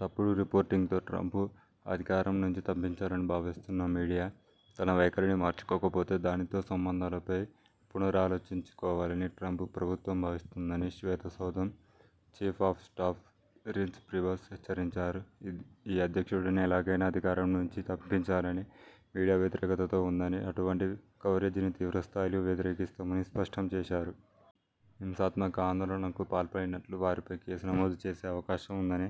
తప్పుడు రిపోర్టింగ్తో ట్రంప్ అధికారం నుంచి తప్పించాలని భావిస్తున్న మీడియా తన వైఖరిని మార్చుకోకపోతే, దానితో సంబంధాలపై పునరాలోచించుకోవాలని ట్రంప్ ప్రభుత్వం భావిస్తోందని శ్వేతసౌధం chief of staff Reince Priebus హెచ్చరించారు. ఈ అధ్యక్షుడిని ఎలాగైనా అధికారం నుంచి తప్పించాలని మీడియా వ్యతిరేకతతో ఉందని, అటువంటి కవరేజీని తీవ్రస్థాయిలో వ్యతిరేకిస్తామని స్పష్టం చేశారు. హింసాత్మక ఆందోళనల కు పాల్పడినట్లు వారిపై కేసు నమోదు చేసే అవకాశం ఉందని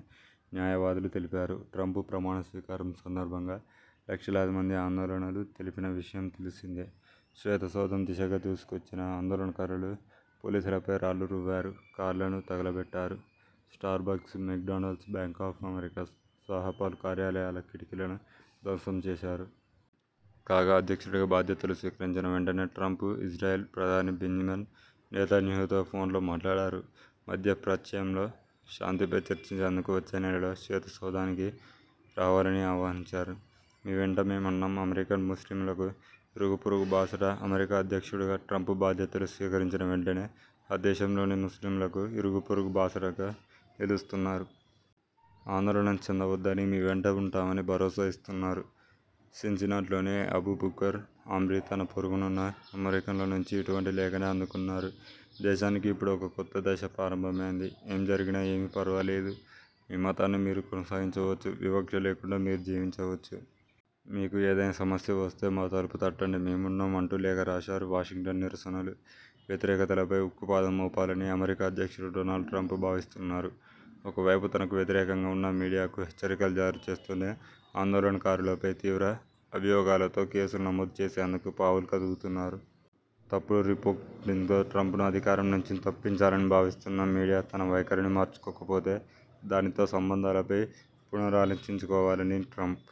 న్యాయవాదులు తెలిపారు. ట్రంప్ ప్రమాణ స్వీకారం సందర్భంగా లక్షలాది మంది ఆందోళనలు తెలిపిన విషయం తెలిసిందే. శ్వేతసౌధం దిశగా దూసుకొచ్చిన ఆందోళనకారులు పోలీసులపై రాళ్లు రువ్వారు. కార్లను తగులబెట్టారు. Starbucks, McDonald's, Bank of America సహా పలు కార్యాలయాల కిటికీలను ధ్వంసం చేశారు. కాగా, అధ్యక్షుడిగా బాధ్యతలు స్వీకరించిన వెంటనే ట్రంప్ ఇజ్రాయెల్ ప్రధాని బెంజిమన్ నెతన్యాహూతో ఫోన్లో మాట్లాడారు. మధ్యప్రాచ్యంలో శాంతిపై చర్చించేందుకు వచ్చే నెలలో శ్వేతసౌధానికి రావాలని ఆహ్వానించారు. మీవెంట మేమున్నాం అమెరికన్ ముస్లిములకు ఇరుగుపొరుగు బాసట అమెరికా అధ్యక్షుడుగా ట్రంప్ బాధ్యతలు స్వీకరించిన వెంటనే, ఆ దేశంలోని ముస్లిములకు ఇరుగు పొరుగు బాసటగా నిలుస్తున్నారు. ఆందోళన చెందవద్దని, మీ వెంట ఉంటామని భరోసా ఇస్తున్నారు. సిన్సినాట్లోని అబూ బకర్ ఆమ్రీ తన పొరుగునున్న అమెరికన్ల నుంచి ఇటువంటి లేఖనే అందుకున్నారు. ''దేశానికి ఇప్పుడు ఒక కొత్త దశ ప్రారంభమైంది. ఏం జరిగినా ఏమీ పర్వాలేదు. మీ మతాన్ని మీరు కొనసాగించవచ్చు. వివక్ష లేకుండా మీరు జీవించవచ్చు. మీకు ఏదైనా సమస్య వస్తే మా తలుపు తట్టండి. మేమున్నాం'' అంటూ లేఖ రాశారు. వాషింగ్టన్ నిరసనలు, వ్యతిరేకతలపై ఉక్కుపాదం మోపాలని అమెరికా అధ్యక్షుడు డొనాల్డ్ ట్రంప్ భావిస్తున్నారు. ఒకవైపు, తనకు వ్యతిరేకంగా ఉన్న మీడియాకు హెచ్చరికలు జారీ చేస్తూనే, ఆందోళనకారులపై తీవ్ర అభియోగాలతో కేసులు నమోదు చేసేందుకు పావులు కదుపుతున్నారు. తప్పుడు రిపోర్టింగ్తో ట్రంప్ను అధికారం నుంచి తప్పించాలని భావిస్తున్న మీడియా తన వైఖరిని మార్చుకోకపోతే, దానితో సంబంధాలపై పునరాలోచించుకోవాలని ట్రంప్